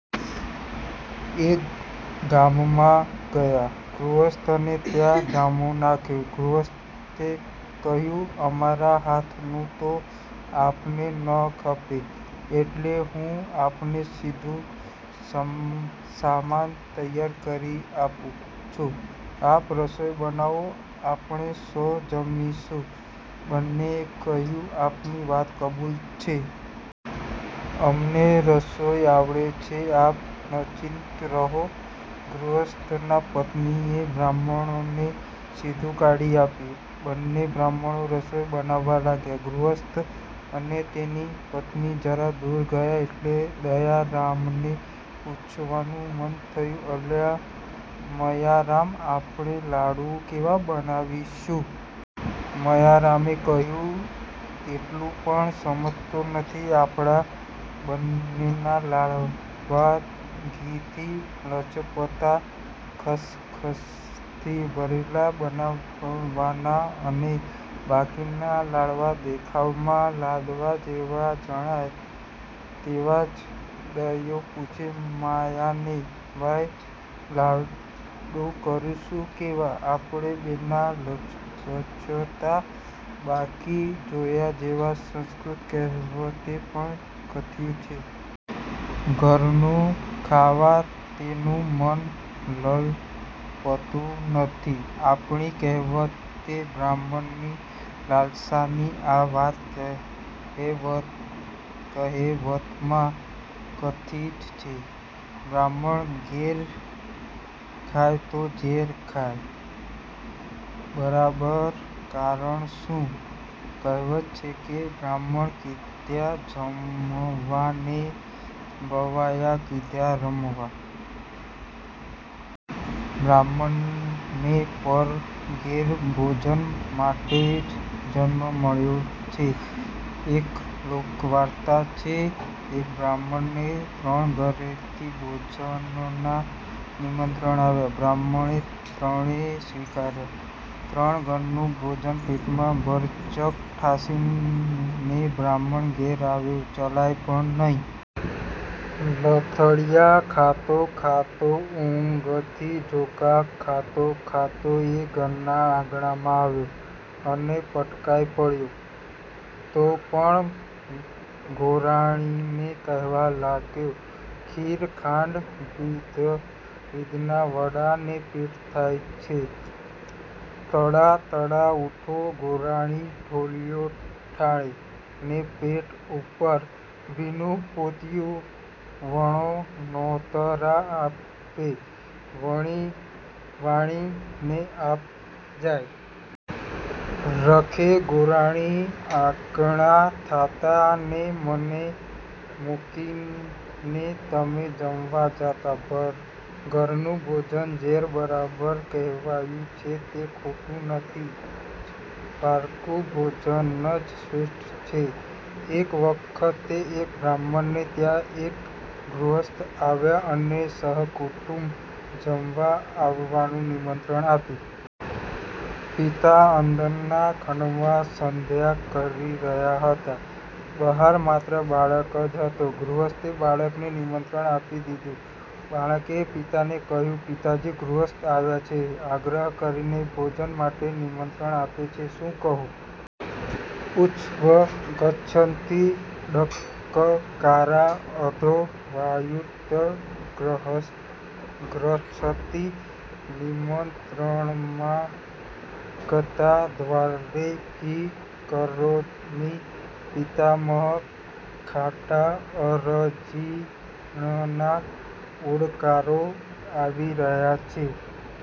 એક ગામમાં ગયા. ગૃહસ્થને ત્યાં ધામો નાખ્યો. ગૃહસ્થે કહ્યું અમારા હાથનું તો આપને ન ખપે એટલે હું આપને સીધુ સામાન તૈયાર કરી આપું છું. આપ રસોઈ બનાવો આપણે સૌ જમીશું. બન્નેએ કહ્યું 'આપની વાત કબૂલ છે. અમને રસોઈ આવડે છે. આપ નચિંત રહો. ગૃહસ્થના પત્નીએ બ્રાહ્મણોને સીધું કાઢી આપ્યું. બન્ને બ્રાહ્મણો રસોઈ બનાવવા લાગ્યા. ગૃહસ્થ અને તેની પત્ની જરા દૂર ગયાં એટલે દયારામને પૂછવાનું મન થયું અલ્યા મયારામ, આપણે લાડુ કેવા બનાવીશું? મયારામે કહ્યું એટલું પણ સમજતો નથી. આપણા બન્નેના લાડવા ઘીથી લચપચતા–ખસખસથી ભરેલા બનાવવાના અને બાકીના લાડવા દેખાવમાં લાદવા જેવા જણાય તેવા જ. દયો પૂછે મયાને ભાઈ લાડુ કરશું કેવા? આપણા બેના લચપચતા, બાકી જોયા જેવા, સંસ્કૃત કહેવતે પણ કથ્યું છે. ઘરનું ખાવા તેનું મન તલપતું નથી. આપણી કહેવતે બ્રાહ્મણની લાલસાની આ વાત કહેવત કહેવતમાં કથી જ છે 'બ્રાહ્મણ ઘેર ખાય તો ઝેર ખાય બરાબર'કારણ શું? કહેવત છે કે બ્રાહ્મણ કીધા જમવા ને ભવાયા કીધા રમવા. બ્રાહ્મણને પર ઘેર ભોજન માટે જ જન્મ મળ્યો છે. એક લોકવાર્તા છે. એક બ્રાહ્મણને ત્રણ ઘેરથી ભોજનના નિમંત્રણ આવ્યા. બ્રાહ્મણે એ ત્રણે સ્વીકાર્યા. ત્રણ ઘરનું ભોજન પેટમાં ભરચક ઠાંસીને બ્રાહ્મણ ઘેર આવ્યો. ચલાય પણ નહિ. લથડીયા ખાતો ખાતો ઊંઘથી ઝોકા ખાતો ખાતો એ ઘરના આંગણામાં આવ્યો અને પટકાઈ પડ્યો. તો પણ ગોરાણીને કહેવા લાગ્યો: ખીર ખાંડ વિધવિધના વડાં ને પેટ થાય છે તડાં તડાં ઊઠો ગોરાણી ઢોલીઓ ઢાળે, ને પેટ ઉપર ભીનું પોતીઉં વળો નોતરાં આપે વળી વાળી, ને આંખ જાય છે મળી મળી. રખે ગોરાણી આકળાં થાતાં, ને મને મૂકીને તમે જમવા જાતાં. 'ઘરનું ભોજન ઝેર બરાબર' કહેવાયું છે તે ખોટું નથી જ. પારકું ભોજન જ શ્રેષ્ઠ છે. એક વખતે એક બ્રાહ્મણને ત્યાં એક ગૃહસ્થ આવ્યા અને સહકુટુંબ જમવા આવવાનું નિમંત્રણ આપ્યું. પિતા અંદરના ખંડમાં સંધ્યા કરી રહ્યા હતા. બહાર માત્ર બાળક જ હતો. ગૃહસ્થે બાળકને નિમંત્રણ આપી દીધું. બાળકે પિતાને કહ્યું પિતાજી! ગૃહસ્થ આવ્યા છે. આગ્રહ કરીને ભોજન માટે નિમંત્રણ આપે છે. શું કહું? ઉધ્વ ગચ્છન્તિ ડકકારા: અધો વાયુર્ત ગચ્છતિ। નિમંત્રણમાગતં દ્વારે કિં કરોમિ પિતામહ॥ ખાટાં અજીરણના ઓડકારો આવી રહ્યાં છે.